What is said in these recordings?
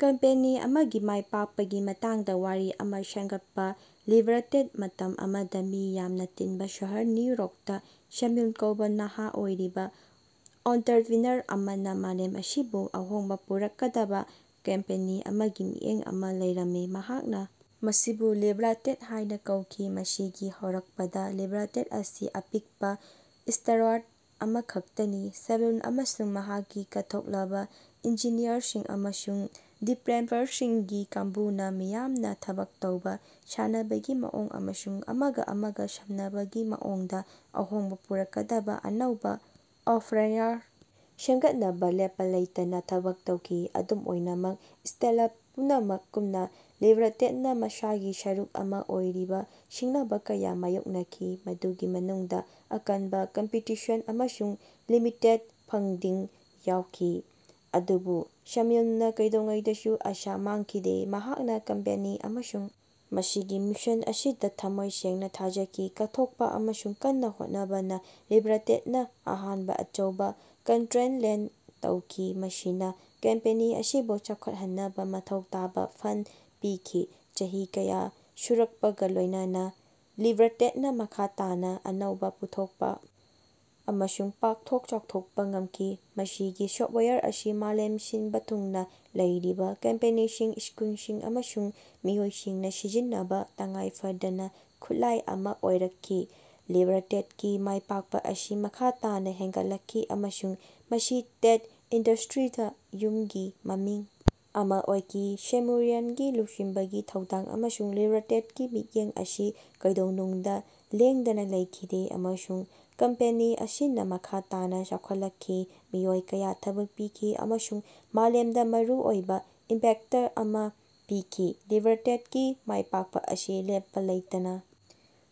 Company ꯑꯃꯒꯤ ꯃꯥꯏ ꯄꯥꯛꯄꯒꯤ ꯃꯇꯥꯡꯗꯥ ꯋꯥꯔꯤ ꯑꯃꯥ ꯁꯦꯝꯒꯠꯄꯥ꯫ ꯂꯤꯕ꯭ꯔꯥꯇꯦꯛ ꯃꯇꯝ ꯑꯃꯗꯥ, ꯃꯤ ꯌꯥꯝꯅꯥ ꯇꯤꯅꯕꯥ ꯁꯍꯔ ꯅ꯭ꯌꯨ ꯌꯣꯔꯛꯇꯥ, ꯁꯦꯝꯌꯨꯜ ꯀꯧꯕꯥ ꯅꯍꯥ ꯑꯣꯏꯔꯤꯕꯥ ꯑꯣꯟꯇꯔꯄꯔꯤꯅꯔ ꯑꯃꯅ ꯃꯥꯂꯦꯝ ꯑꯁꯤꯕꯨ ꯑꯍꯣꯡꯕ ꯄꯨꯔꯛꯀꯗꯕꯥ ꯀꯝꯄꯦꯅꯤ ꯑꯃꯒꯤ ꯃꯤꯠꯌꯦꯡ ꯑꯃ ꯂꯩꯔꯝꯃꯤ꯫ ꯃꯍꯥꯛꯅ ꯃꯁꯤꯕꯨ ꯂꯤꯕ꯭ꯔꯥꯇꯦꯠ ꯍꯥꯏꯅ ꯀꯧꯈꯤ꯫ ꯃꯁꯤꯒꯤ ꯍꯧꯔꯛꯄꯗꯥ ꯂꯤꯕ꯭ꯔꯥꯇꯦꯡ ꯑꯁꯤ ꯑꯄꯤꯛꯄꯥ ꯁ꯭ꯇꯥꯔꯋꯥꯔꯠ ꯑꯃꯈꯛꯇꯅꯤ꯫ ꯁꯦꯝꯌꯨꯜ ꯑꯃꯁꯨꯡ ꯃꯍꯥꯛꯀꯤ ꯀꯠꯊꯣꯛꯂꯕ ꯏꯟꯖꯤꯅꯤꯌꯔꯁꯤꯡ ꯑꯃꯁꯨꯡ ꯗꯤꯕꯦꯂꯄꯔꯁꯤꯡꯒꯤ ꯀꯥꯡꯕꯨꯅ ꯃꯤꯌꯥꯝꯅ ꯊꯕꯛ ꯇꯧꯕ, ꯁꯥꯟꯅꯕꯒꯤ ꯃꯑꯣꯡ ꯑꯃꯁꯨꯡ ꯑꯃꯒꯥ ꯑꯃꯒꯥ ꯁꯝꯅꯕꯒꯤ ꯃꯑꯣꯡꯗꯥ ꯑꯍꯣꯡꯕꯥ ꯄꯨꯔꯛꯀꯗꯕꯥ ꯑꯅꯧꯕꯥ ꯑꯣꯐꯔꯦꯌꯔ ꯁꯦꯝꯒꯠꯅꯕꯥ ꯂꯦꯞꯄꯥ ꯂꯩꯇꯅꯥ ꯊꯕꯛ ꯇꯧꯈꯤ꯫ ꯑꯗꯨꯝ ꯑꯣꯏꯅꯃꯛ ꯁ꯭ꯇꯦꯠꯂꯞ ꯄꯨꯝꯅꯃꯛꯀꯨꯝꯅꯥ ꯂꯤꯕ꯭ꯔꯥꯇꯦꯛꯅꯥ ꯃꯁꯥꯒꯤ ꯁꯔꯨꯛ ꯑꯃꯥ ꯑꯣꯏꯔꯤꯕꯥ ꯁꯤꯡꯅꯕꯥ ꯀꯌꯥ ꯃꯥꯌꯣꯛꯅꯈꯤ, ꯃꯗꯨꯒꯤ ꯃꯅꯨꯡꯗꯥ ꯑꯀꯟꯕꯥ ꯀꯝꯄꯤꯇꯤꯁꯟ ꯑꯃꯁꯨꯡ ꯂꯤꯃꯤꯇꯦꯗ ꯐꯟꯗꯤꯡ ꯌꯥꯎꯈꯤ꯫ ꯑꯗꯨꯕꯨ ꯁꯦꯝꯌꯨꯜꯅꯥ ꯀꯩꯗꯧꯉꯩꯗꯁꯨ ꯑꯥꯁꯥ ꯃꯥꯡꯈꯤꯗꯦ꯫ ꯃꯍꯥꯛꯅꯥ ꯀꯝꯄꯦꯅꯤ ꯑꯃꯁꯨꯡ ꯃꯁꯤꯒꯤ ꯃꯤꯁꯟ ꯑꯁꯤꯗꯥ ꯊꯝꯃꯣꯏ ꯁꯦꯡꯅꯥ ꯊꯥꯖꯈꯤ꯫ ꯀꯠꯊꯣꯛꯄꯥ ꯑꯃꯁꯨꯡ ꯀꯟꯅꯥ ꯍꯣꯠꯅꯕꯅꯥ ꯂꯤꯕ꯭ꯔꯥꯇꯦꯠꯅꯥ ꯑꯍꯥꯟꯕ ꯑꯆꯧꯕꯥ ꯀꯟꯇꯔꯦꯛ ꯂꯦꯟꯗ ꯇꯧꯈꯤ, ꯃꯁꯤꯅꯥ ꯀꯝꯄꯦꯅꯤ ꯑꯁꯤꯕꯨ ꯆꯥꯎꯈꯠꯍꯟꯅꯕꯥ ꯃꯊꯧ ꯇꯥꯕꯥ ꯐꯟꯗ ꯄꯤꯈꯤ꯫ ꯆꯍꯤ ꯀꯌꯥ ꯁꯨꯔꯛꯄꯒꯥ ꯂꯣꯏꯅꯅ ꯂꯤꯕ꯭ꯔꯥꯇꯦꯠꯅꯥ ꯃꯈꯥ ꯇꯥꯅꯥ ꯑꯅꯧꯕꯥ ꯄꯨꯊꯣꯛꯄꯥ ꯑꯃꯁꯨꯡ ꯄꯥꯛꯊꯣꯛ ꯆꯥꯎꯊꯣꯛꯄꯥ ꯉꯝꯈꯤ꯫ ꯃꯁꯤꯒꯤ ꯁꯣꯐꯋꯦꯌꯔ ꯑꯁꯤ ꯃꯥꯂꯦꯝ ꯁꯤꯅꯕꯥ ꯊꯨꯡꯅꯥ ꯂꯩꯔꯤꯕꯥ ꯀꯝꯄꯦꯅꯤꯁꯤꯡ, ꯁ꯭ꯀꯨꯜꯁꯤꯡ ꯑꯃꯁꯨꯡ ꯃꯤꯑꯣꯏꯁꯤꯡꯅꯥ ꯁꯤꯖꯤꯟꯅꯕꯥ ꯇꯉꯥꯏ ꯐꯗꯕꯥ ꯈꯨꯠꯂꯥꯏ ꯑꯃꯥ ꯑꯣꯏꯔꯛꯈꯤ꯫ ꯂꯤꯕ꯭ꯔꯥꯇꯦꯠꯀꯤ ꯃꯥꯏꯄꯥꯛꯄꯥ ꯑꯁꯤ ꯃꯈꯥ ꯇꯥꯅꯥ ꯍꯦꯟꯒꯠꯂꯛꯈꯤ, ꯑꯃꯁꯨꯡ ꯃꯁꯤ ꯇꯦꯠ ꯏꯟꯗꯁꯇ꯭ꯔꯤꯗꯥ ꯌꯨꯝꯒꯤ ꯃꯃꯤꯡ ꯑꯃꯥ ꯑꯣꯏꯈꯤ꯫ ꯁꯦꯃꯨꯌꯦꯜꯒꯤ ꯂꯨꯆꯤꯡꯕꯒꯤ ꯊꯧꯗꯥꯡ ꯑꯃꯁꯨꯡ ꯂꯤꯕ꯭ꯔꯥꯇꯦꯛꯀꯤ ꯃꯤꯠꯌꯦꯡ ꯑꯁꯤ ꯀꯩꯗꯧꯅꯨꯡꯗꯥ ꯂꯦꯡꯗꯅꯥ ꯂꯩꯈꯤꯗꯦ, ꯑꯃꯁꯨꯡ ꯀꯝꯄꯦꯅꯤ ꯑꯁꯤꯅꯥ ꯃꯈꯥ ꯇꯥꯅꯥ ꯆꯥꯎꯈꯠꯂꯛꯈꯤ, ꯃꯤꯑꯣꯏ ꯀꯌꯥ ꯊꯕꯛ ꯄꯤꯈꯤ ꯑꯃꯁꯨꯡ ꯃꯥꯂꯦꯃꯗꯥ ꯃꯔꯨꯑꯣꯏꯕꯥ ꯏꯝꯄꯦꯛꯇ ꯑꯃꯥ ꯄꯤꯈꯤ꯫ ꯂꯤꯕ꯭ꯔꯥꯇꯦꯛꯀꯤ ꯃꯥꯏꯄꯥꯛꯄꯥ ꯑꯁꯤ ꯂꯦꯞꯄꯥ ꯂꯩꯇꯅꯥ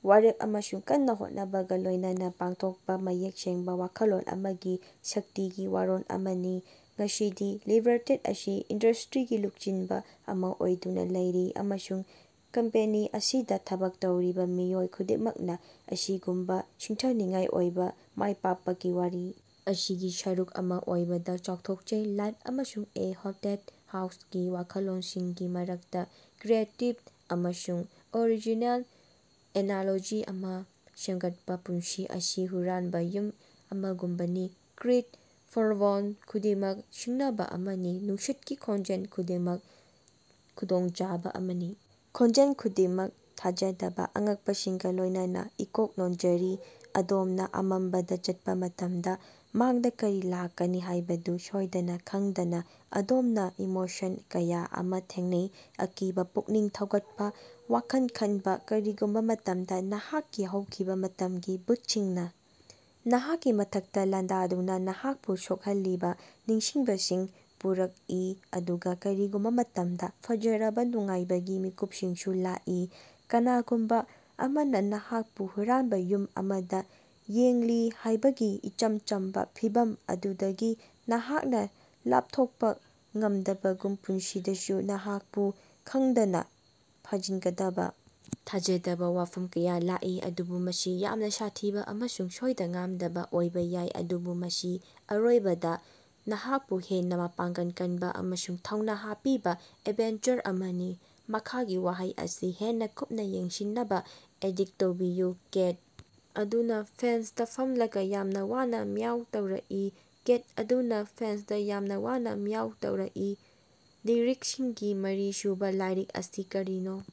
ꯋꯥꯔꯦꯞ ꯑꯃꯁꯨꯡ ꯀꯟꯅꯥ ꯍꯣꯠꯅꯕꯒꯥ ꯂꯣꯏꯅꯅ ꯄꯥꯡꯊꯣꯛꯄꯥ ꯃꯌꯦꯛ ꯁꯦꯡꯕꯥ ꯋꯥꯈꯜꯂꯣꯟ ꯑꯃꯒꯤ ꯁꯛꯇꯤꯒꯤ ꯋꯥꯔꯣꯜ ꯑꯃꯅꯤ꯫ ꯉꯁꯤꯗꯤ ꯂꯤꯕ꯭ꯔꯥꯇꯦꯠ ꯑꯁꯤ ꯏꯟꯗꯁ꯭ꯇꯔꯤꯒꯤ ꯂꯨꯆꯤꯡꯕꯥ ꯑꯃꯥ ꯑꯣꯏꯗꯨꯅꯥ ꯂꯩꯔꯤ, ꯑꯃꯁꯨꯡ ꯀꯝꯄꯦꯅꯤ ꯑꯁꯤꯗꯥ ꯊꯕꯛ ꯇꯧꯔꯤꯕꯥ ꯃꯤꯑꯣꯏ ꯈꯨꯗꯤꯡꯃꯛꯅꯥ ꯑꯁꯤꯒꯨꯝꯕꯥ ꯁꯤꯡꯊꯥꯅꯤꯡꯉꯥꯏ ꯑꯣꯏꯕꯥ ꯃꯥꯏꯄꯥꯛꯄꯒꯤ ꯋꯥꯔꯤ ꯑꯁꯤꯒꯤ ꯁꯔꯨꯛ ꯑꯃꯥ ꯑꯣꯏꯕꯗꯥ ꯆꯥꯎꯊꯣꯛꯆꯩ꯫ "ꯂꯥꯏꯐ" ꯑꯃꯁꯨꯡ "ꯑꯦ ꯍꯣꯟꯇꯦꯗ ꯍꯥꯎꯁ"ꯒꯤ ꯋꯥꯈꯜꯂꯣꯟꯁꯤꯡꯒꯤ ꯃꯔꯛꯇꯥ ꯀ꯭ꯔꯤꯌꯦꯇꯤꯕ ꯑꯃꯁꯨꯡ ꯑꯣꯔꯤꯖꯤꯅꯦꯜ ꯑꯦꯅꯥꯂꯣꯖꯤ ꯑꯃꯥ ꯁꯦꯝꯒꯠꯄꯥ꯫ ꯄꯨꯟꯁꯤ ꯑꯁꯤ ꯍꯨꯔꯥꯅꯕꯥ ꯌꯨꯝ ꯑꯃꯒꯨꯝꯕꯅꯤ; ꯀ꯭ꯔꯤꯛ ꯐꯣꯔꯕꯣꯟꯗ ꯈꯨꯗꯤꯡꯃꯛ ꯁꯤꯡꯅꯕꯥ ꯑꯃꯅꯤ, ꯅꯨꯡꯁꯤꯠꯀꯤ ꯈꯣꯡꯖꯦꯜ ꯈꯨꯗꯤꯡꯃꯛ ꯈꯨꯗꯣꯡꯆꯥꯕꯥ ꯑꯃꯅꯤ, ꯈꯣꯟꯖꯦꯜ ꯈꯨꯗꯤꯡꯃꯛ ꯊꯥꯖꯗꯕꯥ ꯑꯉꯛꯄꯁꯤꯡꯒꯥ ꯂꯣꯏꯅꯅ ꯏꯀꯣꯛ ꯅꯣꯟꯖꯔꯤ꯫ ꯑꯗꯣꯝꯅꯥ ꯑꯃꯝꯕꯗꯥ ꯆꯠꯄꯥ ꯃꯇꯃꯗꯥ, ꯃꯥꯡꯗꯥ ꯀꯔꯤ ꯂꯥꯛꯀꯅꯤ ꯍꯥꯏꯕꯗꯨ ꯁꯣꯏꯗꯅꯥ ꯈꯪꯗꯅꯥ, ꯑꯗꯣꯝꯅꯥ ꯏꯃꯣꯁꯟ ꯀꯌꯥ ꯑꯃꯥ ꯊꯦꯡꯅꯩ- ꯑꯀꯤꯕꯥ, ꯄꯨꯛꯅꯤꯡ ꯊꯧꯒꯠꯄꯥ, ꯋꯥꯈꯜ ꯈꯟꯕꯥ꯫ ꯀꯔꯤꯒꯨꯝꯕꯥ ꯃꯇꯝꯗ ꯅꯍꯥꯛꯀꯤ ꯍꯧꯈꯤꯕꯥ ꯃꯇꯝꯒꯤ ꯚꯨꯇꯁꯤꯡꯅꯥ ꯅꯍꯥꯛꯀꯤ ꯃꯊꯛꯇꯥ ꯂꯥꯟꯗꯥꯗꯨꯅꯥ ꯅꯍꯥꯛꯄꯨ ꯁꯣꯛꯍꯜꯂꯤꯕꯥ ꯅꯤꯡꯁꯤꯡꯕꯁꯤꯡ ꯄꯨꯔꯛꯏ, ꯑꯗꯨꯒꯥ ꯀꯔꯤꯒꯨꯝꯕꯥ ꯃꯇꯝꯗ ꯐꯖꯔꯕꯥ ꯅꯨꯡꯉꯥꯏꯕꯒꯤ ꯃꯤꯀꯨꯄꯁꯤꯡꯁꯨ ꯂꯥꯛꯏ꯫ ꯀꯅꯥꯒꯨꯝꯕꯥ ꯑꯃꯅꯥ ꯅꯍꯥꯀꯄꯨ ꯍꯨꯔꯥꯅꯕꯥ ꯌꯨꯝ ꯑꯃꯗꯥ ꯌꯦꯡꯂꯤ ꯍꯥꯏꯕꯒꯤ ꯏꯆꯝ ꯆꯝꯕꯥ ꯐꯤꯚꯝ ꯑꯗꯨꯗꯒꯤ ꯅꯍꯥꯛꯅꯥ ꯂꯥꯄꯊꯣꯀꯄꯥ ꯉꯃꯗꯕꯒꯨꯝ, ꯄꯨꯟꯁꯤꯗꯁꯨ ꯅꯍꯥꯛꯄꯨ ꯈꯪꯗꯅꯥ ꯐꯥꯖꯤꯟꯒꯗꯕꯥ ꯊꯥꯖꯗꯕꯥ ꯋꯥꯐꯝ ꯀꯌꯥ ꯂꯥꯛꯏ꯫ ꯑꯗꯨꯕꯨ ꯃꯁꯤ ꯌꯥꯝꯅꯥ ꯁꯥꯊꯤꯕꯥ ꯑꯃꯁꯨꯡ ꯁꯣꯏꯗ-ꯉꯥꯝꯗꯕꯥ ꯑꯣꯏꯕꯥ ꯌꯥꯏ ꯑꯗꯨꯕꯨ ꯃꯁꯤ ꯑꯔꯣꯏꯕꯗꯥ ꯅꯍꯥꯛꯄꯨ ꯍꯦꯟꯅꯥ ꯃꯄꯥꯡꯒꯜ ꯀꯅꯕꯥ ꯑꯃꯁꯨꯡ ꯊꯧꯅꯥ ꯍꯥꯞꯄꯤꯕꯥ ꯑꯦꯗꯚꯦꯟꯆꯔ ꯑꯃꯅꯤ꯫ ꯃꯈꯥꯒꯤ ꯋꯥꯍꯩ ꯑꯁꯤ ꯍꯦꯟꯅꯥ ꯀꯨꯞꯅꯥ ꯌꯦꯡꯁꯤꯟꯅꯕꯥ ꯑꯦꯗꯤꯠ ꯇꯧꯕꯤꯌꯨ: "ꯀꯦꯠ ꯑꯗꯨꯅꯥ ꯐꯦꯟꯁꯇꯥ ꯐꯝꯂꯒꯥ ꯌꯥꯝꯅꯥ ꯋꯥꯅꯥ ꯃꯤꯎꯏ ꯇꯧꯔꯛꯏ"꯫ "ꯀꯦꯠ ꯑꯗꯨꯅꯥ ꯐꯦꯟꯁꯇꯥ ꯌꯥꯝꯅꯥ ꯋꯥꯅꯥ ꯃꯤꯎ ꯇꯧꯔꯛꯏ꯫" ꯂꯤꯔꯤꯛꯁꯤꯡꯒꯤ ꯃꯔꯤꯁꯨꯕꯥ ꯂꯥꯏꯔꯤꯛ ꯑꯁꯤ ꯀꯔꯤꯅꯣ